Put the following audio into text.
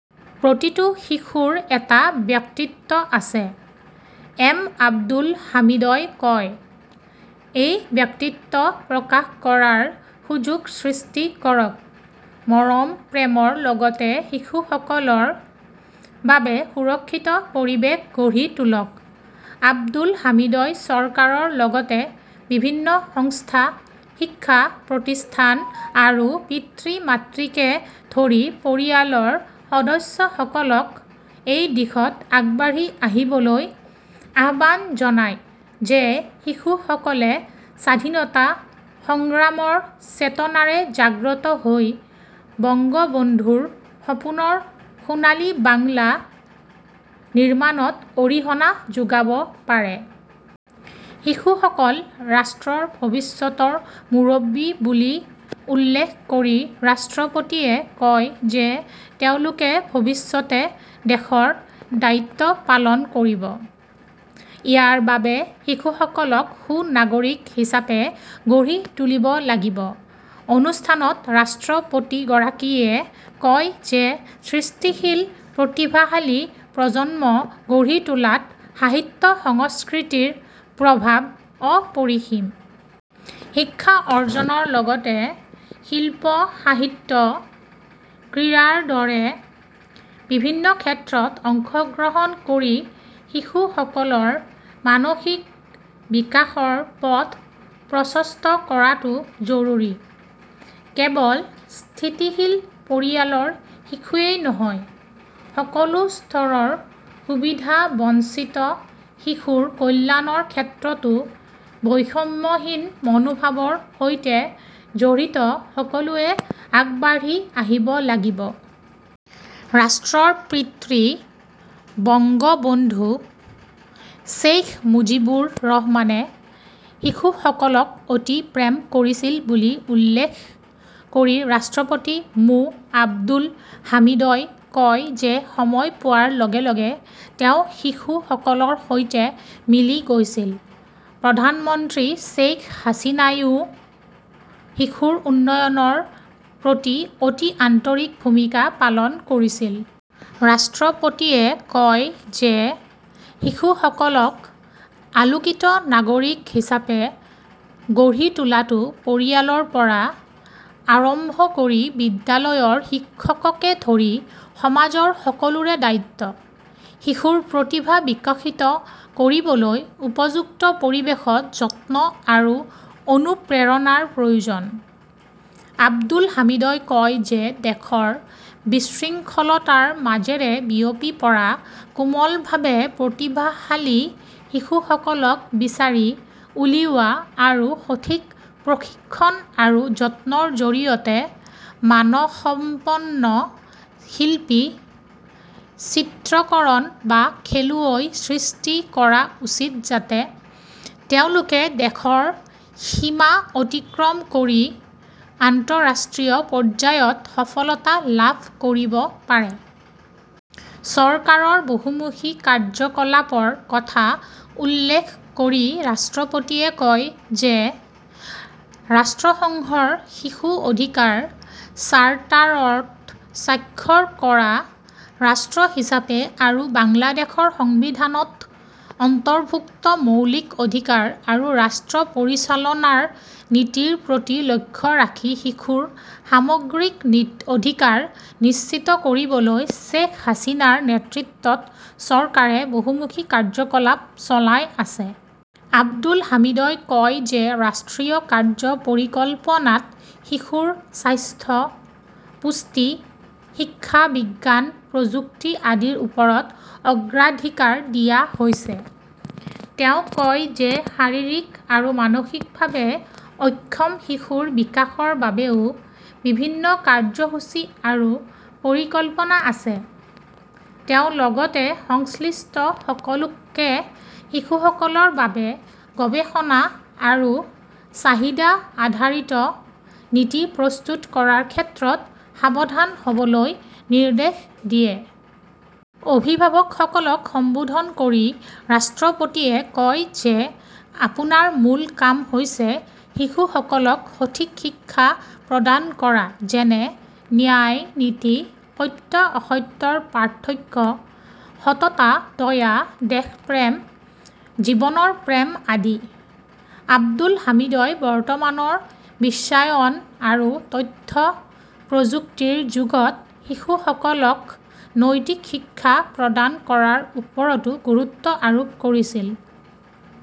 প্ৰতিটো শিশুৰ এটা ব্যক্তিত্ব আছে, এম আব্দুল হামিদই কয়। এই ব্যক্তিত্ব প্ৰকাশ কৰাৰ সুযোগ সৃষ্টি কৰক। মৰম, প্ৰেমৰ লগতে শিশুসকলৰ বাবে সুৰক্ষিত পৰিৱেশ গঢ়ি তোলক। আব্দুল হামিদই চৰকাৰৰ লগতে বিভিন্ন সংস্থা, শিক্ষা প্ৰতিষ্ঠান আৰু পিতৃ-মাতৃকে ধৰি পৰিয়ালৰ সদস্যসকলক এই দিশত আগবাঢ়ি আহিবলৈ আহ্বান জনায় যে শিশুসকলে স্বাধীনতা সংগ্ৰামৰ চেতনাৰে জাগ্ৰত হৈ বংগবন্ধুৰ সপোনৰ সোণালী বাংলা নিৰ্মাণত অৰিহণা যোগাব পাৰে। শিশুসকল ৰাষ্ট্ৰৰ ভৱিষ্যতৰ মুৰব্বী বুলি উল্লেখ কৰি ৰাষ্ট্ৰপতিয়ে কয় যে তেওঁলোকে ভৱিষ্যতে দেশৰ দায়িত্ব পালন কৰিব। ইয়াৰ বাবে শিশুসকলক সু-নাগৰিক হিচাপে গঢ়ি তুলিব লাগিব। অনুষ্ঠানত ৰাষ্ট্ৰপতিগৰাকীয়ে কয় যে সৃষ্টিশীল প্ৰতিভাশালী প্ৰজন্ম গঢ়ি তোলাত সাহিত্য-সংস্কৃতিৰ প্ৰভাৱ অপৰিসীম। শিক্ষা অৰ্জনৰ লগতে শিল্প-সাহিত্য, ক্ৰীড়াৰ দৰে বিভিন্ন ক্ষেত্ৰত অংশগ্ৰহণ কৰি শিশুসকলৰ মানসিক বিকাশৰ পথ প্ৰশস্ত কৰাটো জৰুৰী। কেৱল স্থিতিশীল পৰিয়ালৰ শিশুৱেই নহয়, সকলো স্তৰৰ সুবিধাবঞ্চিত শিশুৰ কল্যাণৰ ক্ষেত্ৰতো বৈষম্যহীন মনোভাৱৰ সৈতে জড়িত সকলোৱে আগবাঢ়ি আহিব লাগিব। ৰাষ্ট্ৰৰ পিতৃ বঙ্গবন্ধু শ্বেইখ মুজিবুৰ ৰহমানে শিশুসকলক অতি প্ৰেম কৰিছিল বুলি উল্লেখ কৰি ৰাষ্ট্ৰপতি মো. আব্দুল হামিদই কয় যে সময় পোৱাৰ লগে লগে তেওঁ শিশুসকলৰ সৈতে মিলি গৈছিল। প্ৰধানমন্ত্ৰী শ্বেইখ হাছিনাইও শিশুৰ উন্নয়নৰ প্ৰতি অতি আন্তৰিক ভূমিকা পালন কৰিছিল। ৰাষ্ট্ৰপতিয়ে কয় যে শিশুসকলক আলোকিত নাগৰিক হিচাপে গঢ়ি তোলাটো পৰিয়ালৰ পৰা আৰম্ভ কৰি বিদ্যালয়ৰ শিক্ষককে ধৰি সমাজৰ সকলোৰে দায়িত্ব। শিশুৰ প্ৰতিভা বিকশিত কৰিবলৈ উপযুক্ত পৰিৱেশত যত্ন আৰু অনুপ্ৰেৰণাৰ প্ৰয়োজন। আব্দুল হামিদই কয় যে দেশৰ বিশৃংখলতাৰ মাজেৰে বিয়পি পৰা কোমলভাৱে প্ৰতিভাশালী শিশুসকলক বিচাৰি উলিওৱা আৰু সঠিক প্ৰশিক্ষণ আৰু যত্নৰ জৰিয়তে মানসম্পন্ন শিল্পী, চিত্ৰকৰণ বা খেলুৱৈ সৃষ্টি কৰা উচিত যাতে তেওঁলোকে দেশৰ সীমা অতিক্ৰম কৰি আন্তঃৰাষ্ট্ৰীয় পৰ্যায়ত সফলতা লাভ কৰিব পাৰে। চৰকাৰৰ বহুমুখী কাৰ্যকলাপৰ কথা উল্লেখ কৰি ৰাষ্ট্ৰপতিয়ে কয় যে ৰাষ্ট্ৰসংঘৰ শিশু অধিকাৰ চাৰ্টাৰত স্বাক্ষৰ কৰা ৰাষ্ট্ৰ হিচাপে আৰু বাংলাদেশৰ সংবিধানত অন্তৰ্ভুক্ত মৌলিক অধিকাৰ আৰু ৰাষ্ট্ৰ পৰিচালনাৰ নীতিৰ প্ৰতি লক্ষ্য ৰাখি শিশুৰ সামগ্ৰিক অধিকাৰ নিশ্চিত কৰিবলৈ শ্বেখ হাছিনাৰ নেতৃত্বত চৰকাৰে বহুমুখী কাৰ্যকলাপ চলাই আছে। আব্দুল হামিদই কয় যে ৰাষ্ট্ৰীয় কাৰ্য্য পৰিকল্পনাত শিশুৰ স্বাস্থ্য-পুষ্টি, শিক্ষা-বিজ্ঞান প্ৰযুক্তি আদিৰ ওপৰত অগ্ৰাধিকাৰ দিয়া হৈছে। তেওঁ কয় যে শাৰীৰিক আৰু মানসিকভাৱে অক্ষম শিশুৰ বিকাশৰ বাবেও বিভিন্ন কাৰ্যসূচী আৰু পৰিকল্পনা আছে। তেওঁ লগতে সংশ্লিষ্ট সকলোকে শিশুসকলৰ বাবে গৱেষণা আৰু চাহিদা-আধাৰিত নীতি প্ৰস্তুত কৰাৰ ক্ষেত্ৰত সাৱধান হ'বলৈ নিৰ্দেশ দিয়ে। অভিভাৱকসকলক সম্বোধন কৰি ৰাষ্ট্ৰপতিয়ে কয় যে আপোনাৰ মূল কাম হৈছে শিশুসকলক সঠিক শিক্ষা প্ৰদান কৰা যেনে ন্যায় নীতি, সত্য-অসত্যৰ পাৰ্থক্য, সততা, দয়া, দেশপ্ৰেম, জীৱনৰ প্ৰেম আদি। আব্দুল হামিদই বৰ্তমানৰ বিশ্বায়ন আৰু তথ্য প্ৰযুক্তিৰ যুগত শিশুসকলক নৈতিক শিক্ষা প্ৰদান কৰাৰ ওপৰতো গুৰুত্ব আৰোপ কৰিছিল।